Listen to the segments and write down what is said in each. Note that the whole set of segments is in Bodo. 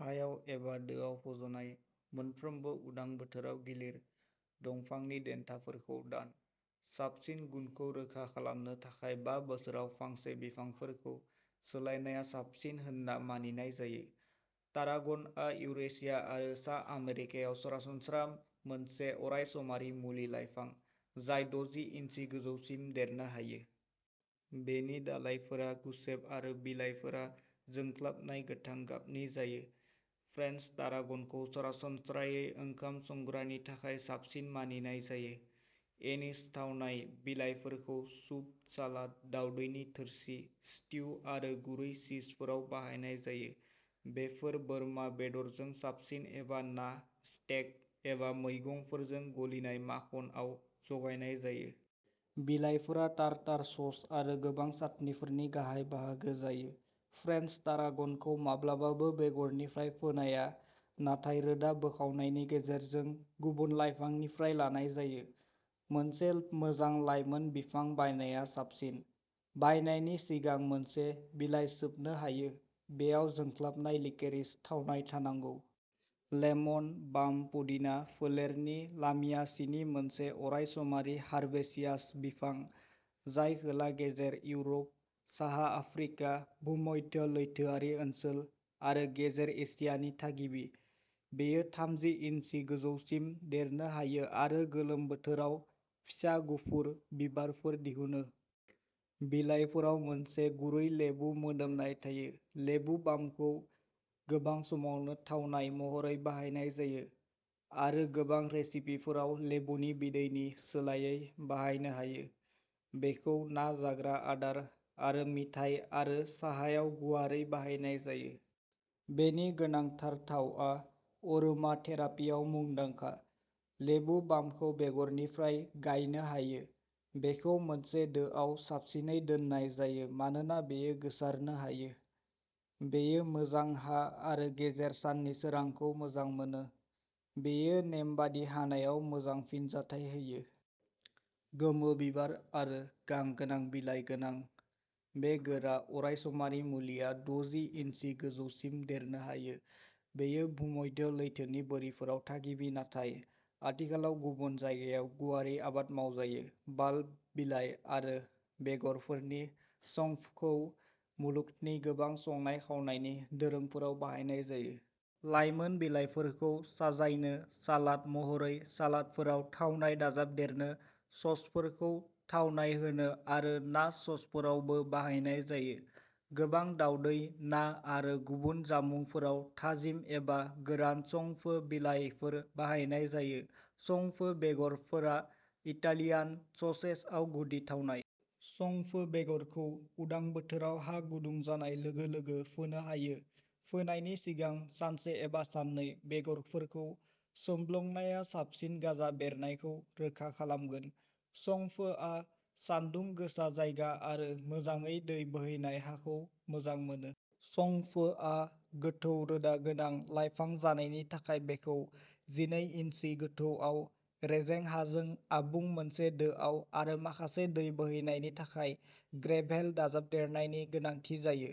हायाव एबा दोआव फज'नाय, मोनफ्रोमबो उदां बोथोराव गिलिर, दंफांनि देन्थाफोरखौ दान। साबसिन गुनखौ रोखा खालामनो थाखाय बा बोसोराव फांसे बिफांफोरखौ सोलायनाया साबसिन होनना मानिनाय जायो। टारागनआ इउरेशिया आरो सा आमेरिकायाव सरासनस्रा मोनसे अरायसमारि मुलि लाइफां, जाय द'जि इन्सि गोजौसिम देरनो हायो। बेनि दालाइफोरा गुसेब आरो बिलाइफोरा जोंख्लाबनाय गोथां गाबनि जायो। फ्रेन्स टारागनखौ सरासनस्रायै ओंखाम संग्रानि थाखाय साबसिन मानिनाय जायो। एनिज थावनाय बिलाइफोरखौ सुप, सालाद, दावदैनि थोरसि, स्ट्यु आरो गुरै चीजफोराव बाहायनाय जायो। बेफोर बोरमा बेदरजों साबसिन एबा ना, स्टेक एबा मैगंफोरजों गलिनाय माखनआव जगायनाय जायो। बिलाइफोरा टारटार सस आरो गोबां चाटनिफोरनि गाहाय बाहागो जायो। फ्रेन्स टारागनखौ माब्लाबाबो बेगरनिफ्राय फोनाया नाथाय रोदा बोखावनायनि गेजेरजों गुबुन लाइफांनिफ्राय लानाय जायो। मोनसे मोजां लायमोन बिफां बायनाया साबसिन। बायनायनि सिगां मोनसे बिलाइ सोबनो हायो, बेयाव जोंख्लाबनाय लिकेरिस थावनाय थानांगौ। लेमन बाम पुदिना फोलेरनि लामियासिनि मोनसे अरायसमारि हार्बेसियास बिफां, जाय खोलागे जेर इउरप, साहा आफ्रिका, भुमध्य लैथोआरि ओनसोल आरो गेजेर एसियानि थागिबि। बेयो थामजि इन्सि गोजौसिम देरनो हायो आरो गोलोम बोथोराव फिसा गुफुर बिबारफोर दिहुनो। बिलाइफोराव मोनसे गुरै लेबु मोदोमनाय थायो। लेबु बामखौ गोबां समावनो थावनाय महरै बाहायनाय जायो आरो गोबां रेसिपिफोराव लेबुनि बिदैनि सोलायै बाहायनो हायो। बेखौ ना जाग्रा आदार आरो मिथाइ आरो साहायाव गुवारै बाहायनाय जायो। बेनि गोनांथार थावआ अरोमाथेरापियाव मुंदांखा। लेबु बामखौ बेगरनिफ्राय गायनो हायो। बेखौ मोनसे दोआव साबसिनै दोननाय जायो मानोना बेयो गोसारनो हायो। बेयो मोजां हा आरो गेजेर साननि सोरांखौ मोजां मोनो। बेयो नेमबादि हानायाव मोजां फिनजाथाय होयो। गोमो बिबार आरो गां गोनां बिलाइ गोनां बे गोरा, अरायसमारि मुलिया द'जि इन्सि गोजौसिम देरनो हायो। बेयो भुमध्य लैथोनि बोरिफोराव थागिबि नाथाय आथिखालाव गुबुन जायगायाव गुवारै आबाद मावजायो। बाल्ब, बिलाइ आरो बेगरफोरनि सौंफखौ मुलुगनि गोबां संनाय खावनायनि दोरोंफोराव बाहायनाय जायो। लायमोन बिलाइफोरखौ साजायनो, सालाद महरै, सालादफोराव थावनाय दाजाबदेरनो, ससफोरखौ थावनाय होनो आरो ना ससफोरावबो बाहायनाय जायो। गोबां दावदै, ना आरो गुबुन जामुंफोराव थाजिम एबा गोरान सौंफ बिलाइफोर बाहायनाय जायो। सौंफ बेगरफोरा इटालियान ससेजआव गुदि थावनाय। सौंफ बेगरखौ उदां बोथोराव हा गुदुं जानाय लोगो लोगो फोनो हायो। फोनायनि सिगां सानसे एबा साननै बेगरफोरखौ सोमब्लंनाया साबसिन गाजा बेरनायखौ रोखा खालामगोन। सौंफआ सानदुं गोसा जायगा आरो मोजाङै दै बोहैनाय हाखौ मोजां मोनो। सौंफआ गोथौ रोदा गोनां लाइफां जानायनि थाखाय बेखौ जिनै इन्सि गोथौआव रेजें हाजों आबुं मोनसे दोआव आरो माखासे दै बोहैनायनि थाखाय ग्रेभेल दाजाबदेरनायनि गोनांथि जायो।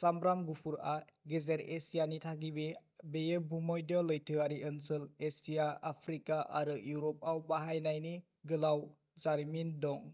सामब्राम गुफुरआ गेजेर एसियानि थागिबि। बेयो भुमध्य लैथोआरि ओनसोल, एसिया, आफ्रिका आरो इउर'पआव बाहायनायनि गोलाव जारिमिन दं।